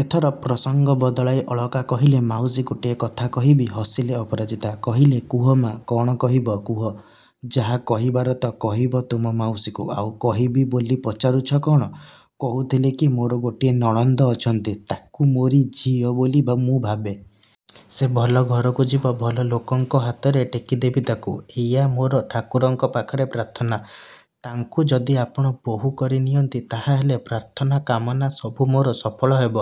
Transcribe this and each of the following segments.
ଏଥର ପ୍ରସଙ୍ଗ ବଦଳାଇ ଅଳକା କହିଲେ–ମାଉସୀ ଗୋଟିଏ କଥା କହିବି। ହସିଲେ ଅପରାଜିତା। କହିଲେ–କୁହ ମା', କ'ଣ କହିବ କୁହ। ଯାହା କହିବାର ତ କହିବ ତୁମ ମାଉସୀକୁ, ଆଉ କହିବି ବୋଲି ପଚାରୁଛ କ'ଣ? କହୁଥିଲି କି ମୋର ଗୋଟିଏ ନଣନ୍ଦ ଅଛନ୍ତି। ତାକୁ ମୋରି ଝିଅ ବୋଲି ମୁଁ ଭାବେ। ସେ ଭଲ ଘରକୁ ଯିବ, ଭଲ ଲୋକଙ୍କ ହାତରେ ଟେକିଦେବି ତାକୁ। ଏଇଆ ମୋର ଠାକୁରଙ୍କ ପାଖରେ ପ୍ରାର୍ଥନା। ତାଙ୍କୁ ଯଦି ଆପଣ ବୋହୂ କରିନିଅନ୍ତି ତାହାହେଲେ ପ୍ରାର୍ଥନା କାମନା ସବୁ ମୋର ସପଂଳ ହେବ।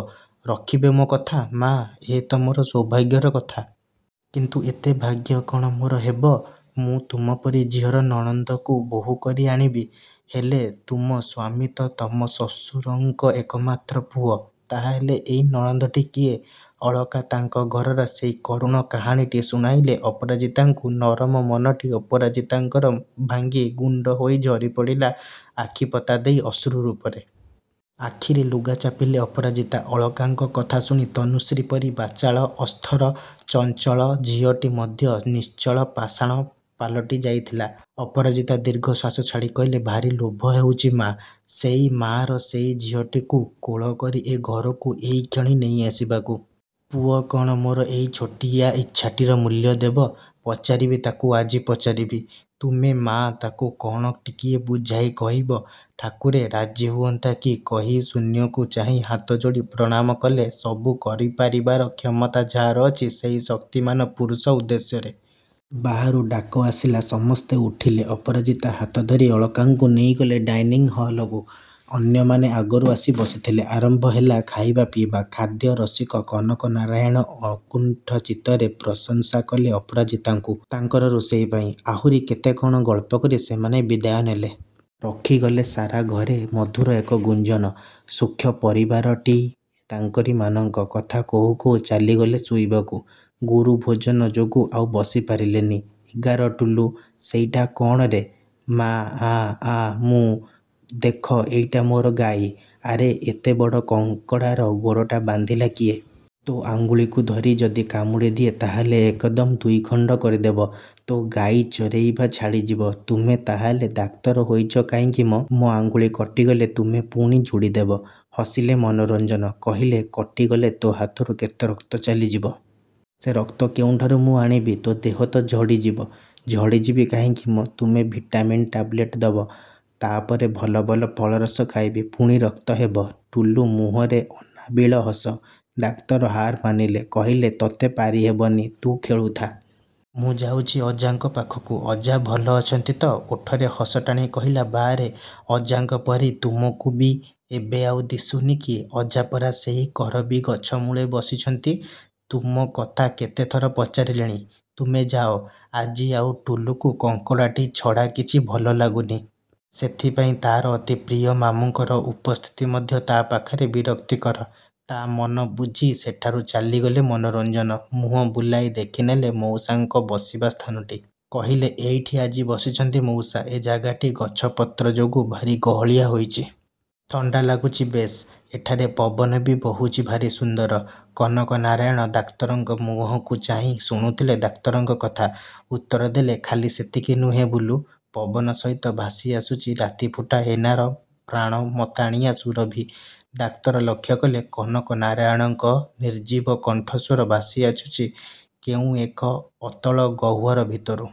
ରଖିବେ ମୋ କଥା? ମା', ଏ ତ ମୋର ସୌଭାଗ୍ୟର କଥା! କିନ୍ତୁ ଏତେ ଭାଗ୍ୟ କ'ଣ ମୋର ହେବ? ମୁଁ ତୁମ ପରି ଝିଅର ନଣନ୍ଦକୁ ବୋହୂ କରି ଆଣିବି। ହେଲେ–ତୁମ ସ୍ୱାମୀ ତ ତୁମ ଶ୍ୱଶୁରଙ୍କର ଏକମାତ୍ର ପୁଅ, ତାହାହେଲେ ଏଇ ନଣନ୍ଦଟି କିଏ? ଅଳକା ତାଙ୍କ ଘରର ସେଇ କରୁଣ କାହାଣୀଟି ଶୁଣାଇଲେ ଅପରାଜିତାଙ୍କୁ ନରମ ମନଟି ଅପରାଜିତାଙ୍କର ଭାଙ୍ଗି ଗୁଣ୍ତ ହୋଇ ଝରିପଡ଼ିଲା ଆଖିପତା ଦେଇ ଅଶ୍ରୁ ରୂପରେ। ଆଖିରେ ଲୁଗା ଚାପିଲେ ଅପରାଜିତା। ଅଳକାଙ୍କ କଥା ଶୁଣି ତନୁଶ୍ରୀ ପରି ବାଚାଳ, ଅସ୍ଥର, ଚଞ୍ଚଳ ଝିଅଟି ମଧ୍ୟ ନିଶ୍ଚଳ ପାଷାଣ ପାଲଟି ଯାଇଥିଲା। ଅପରାଜିତା ଦୀର୍ଘଶ୍ୱାସ ଛାଡ଼ି କହିଲେ–ଭାରି ଲୋଭ ହେଉଛି ମା'! ସେଇ ମା'ର ସେଇ ଝିଅଟିକୁ କୋଳ କରି ଏ ଘରକୁ ଏଇକ୍ଷଣି ନେଇଆସିବାକୁ। ପୁଅ କ'ଣ ମୋର ଏଇ ଛୋଟିଆ ଇଚ୍ଛାଟିର ମୂଲ୍ୟ ଦେବ! ପଚାରିବି, ତାକୁ ଆଜି ପଚାରିବି। ତୁମେ ମା' ତାକୁ କ'ଣ ଟିକିଏ ବୁଝାଇ କହିବ? ଠାକୁରେ–ରାଜି ହୁଅନ୍ତା କି କହି ଶୂନ୍ୟକୁ ଚାହିଁ ହାତଯୋଡ଼ି ପ୍ରଣାମ କଲେ ସବୁ କରିପାରିବାର କ୍ଷମତା ଯାହାର ଅଛି ସେଇ ଶକ୍ତିମାନ ପୁରୁଷ ଉଦ୍ଦେଶ୍ୟରେ। ବାହାରୁ ଡାକଆସିଲା– ସମସ୍ତେ ଉଠିଲେ। ଅପରାଜିତା ହାତଧରି ଅଳକାଙ୍କୁ ନେଇଗଲେ ଡାଇନିଂ ହଲକୁ। ଅନ୍ୟମାନେ ଆଗରୁ ଆସି ବସିଥିଲେ। ଆରମ୍ଭ ହେଲା ଖାଇବା ପିଇବା। ଖାଦ୍ୟ ରସିକ କନକନାରାୟଣ ଅକୁଣ୍ଠଚିତ୍ତରେ ପ୍ରଶଂସାକଲେ ଅପରାଜିତାଙ୍କୁ, ତାଙ୍କର ରୋଷେଇ ପାଇଁ। ଆହୁରି କେତେ କ'ଣ ଗଳ୍ପକରି ସେମାନେ ବିଦାୟନେଲେ। ରଖିଗଲେ ସାରା ଘରେ ମଧୁର ଏକ ଗୁଞ୍ଜନ। ସୁଖି ପରିବାରଟି ତାଙ୍କରିମାନଙ୍କ। କଥା କହୁ କହୁ ଚାଲିଗଲେ ଶୋଇବାକୁ। ଗୁରୁଭୋଜନ ଯୋଗୁ ଆଉ ବସିପାରିଲେନି। ଏଗାର ଟୁଲୁ, ସେଇଟା କ'ଣରେ? ମା–ଆ–ଆ ମୁଁ। ଦେଖ ଏଇଟା ମୋର ଗାଈ। ଆରେ, ଏତେବଡ଼ କଙ୍କଡ଼ାର ଗୋଡ଼ଟା ବାନ୍ଧିଲା କିଏ। ତୋ ଆଙ୍ଗୁଳିକୁ ଧରି ଯଦି କାମୁଡ଼ିଦିଏ ତାହାହେଲେ ଏକଦମ୍ ଦୁଇଖଣ୍ତ କରିଦେବ। ତୋ ଗାଈ ଚରେଇବା ଛାଡ଼ିଯିବ। ତୁମେ ତାହାହେଲେ ଡାକ୍ତର ହୋଇଚ କାହିଁକି ମ? ମୋ ଆଙ୍ଗୁଳି କଟିଗଲେ ତୁମେ ପୁଣି ଯୋଡ଼ିଦେବ। ହସିଲେ ମନୋରଞ୍ଜନ। କହିଲେ–କଟିଗଲେ ତୋ ହାତରୁ କେତେ ରକ୍ତ ଚାଲିଯିବ। ସେ ରକ୍ତ କେଉଁଠାରୁ ମୁଁ ଆଣିବି। ତୋ ଦେହ ତ ଝଡ଼ିଯିବ। ଝଡ଼ିଯିବି କାହିଁକି ମ। ତୁମେ ଭିଟାମିନ୍ ଟାବଲେଟ୍ ଦେବ। ତା'ପରେ ଭଲ ଭଲ ଫଳରସ ଖାଇବି। ପୁଣି ରକ୍ତହେବ। ଟୁଲୁ ମୁହଁରେ ଅନାବିଳ ହସ। ଡାକ୍ତର ହାର୍ ମାନିଲେ। କହିଲେ–ତୋତେ ପାରିହେବନି। ତୁ ଖେଳୁଥା। ମୁଁ ଯାଉଛି ଅଜାଙ୍କ ପାଖକୁ। ଅଜା ଭଲ ଅଛନ୍ତି ତ? ଓଠରେ ହସଟାଣି କହିଲା– ବାରେ, ଅଜାଙ୍କ ପରି ତୁମକୁ ବି ଏବେ ଆଉ ଦିଶୁନି କି? ଅଜା ପରା ସେଇ କରବୀ ଗଛମୂଳେ ବସିଛନ୍ତି। ତୁମ କଥା କେତେଥର ପଚାରିଲେଣି। ତୁମେ ଯାଅ। ଆଜି ଆଉ ଟୁଲୁକୁ କଙ୍କଡ଼ାଟି ଛଡ଼ା କିଛି ଭଲଲାଗୁନି। ସେଥିପାଇଁ ତା'ର ଅତି ପ୍ରିୟ ମାମୁଁଙ୍କର ଉପସ୍ତିତି ମଧ୍ୟ ତା' ପାଖରେ ବିରକ୍ତିକର। ତା'ମନ ବୁଝି ସେଠାରୁ ଚାଲିଗଲେ ମନୋରଞ୍ଜନ। ମୁହଁ ବୁଲାଇ ଦେଖିନେଲେ ମଉସାଙ୍କ ବସିବା ସ୍ଥାନଟି। କହିଲେ, ଏଇଠି ଆଜି ବସିଛନ୍ତି ମଉସା। ଏ ଜାଗାଟି ଗଛ ପତ୍ରଯୋଗୁଁ ଭାରି ଗହଳିଆ ହୋଇଛି। ଥଣ୍ତା ଲାଗୁଛି ବେଶ୍। ଏଠାରେ ପବନ ବି ବହୁଛି ଭାରି ସୁନ୍ଦର। କନକନାରାୟଣ ଡାକ୍ତରଙ୍କ ମୁହଁକୁ ଚାହିଁ ଶୁଣୁଥିଲେ ଡାକ୍ତରଙ୍କ କଥା। ଉତ୍ତରଦେଲେ–ଖାଲି ସେତିକି ନୁହେଁ ବୁଲୁ, ପବନ ସହିତ ଭାସିଆସୁଛି ରାତିଫୁଟା ହେନାର ପ୍ରାଣ ମତାଣିଆ ସୁରଭି-। ଡାକ୍ତର ଲକ୍ଷ୍ୟକଲେ– କନକନାରାୟଣଙ୍କ ନିର୍ଜୀବ କଣ୍ଠସ୍ୱର ଭାସିଆସୁଛି କେଉଁ ଏକ ଅତଳ ଗହ୍ୱର ଭିତରୁ।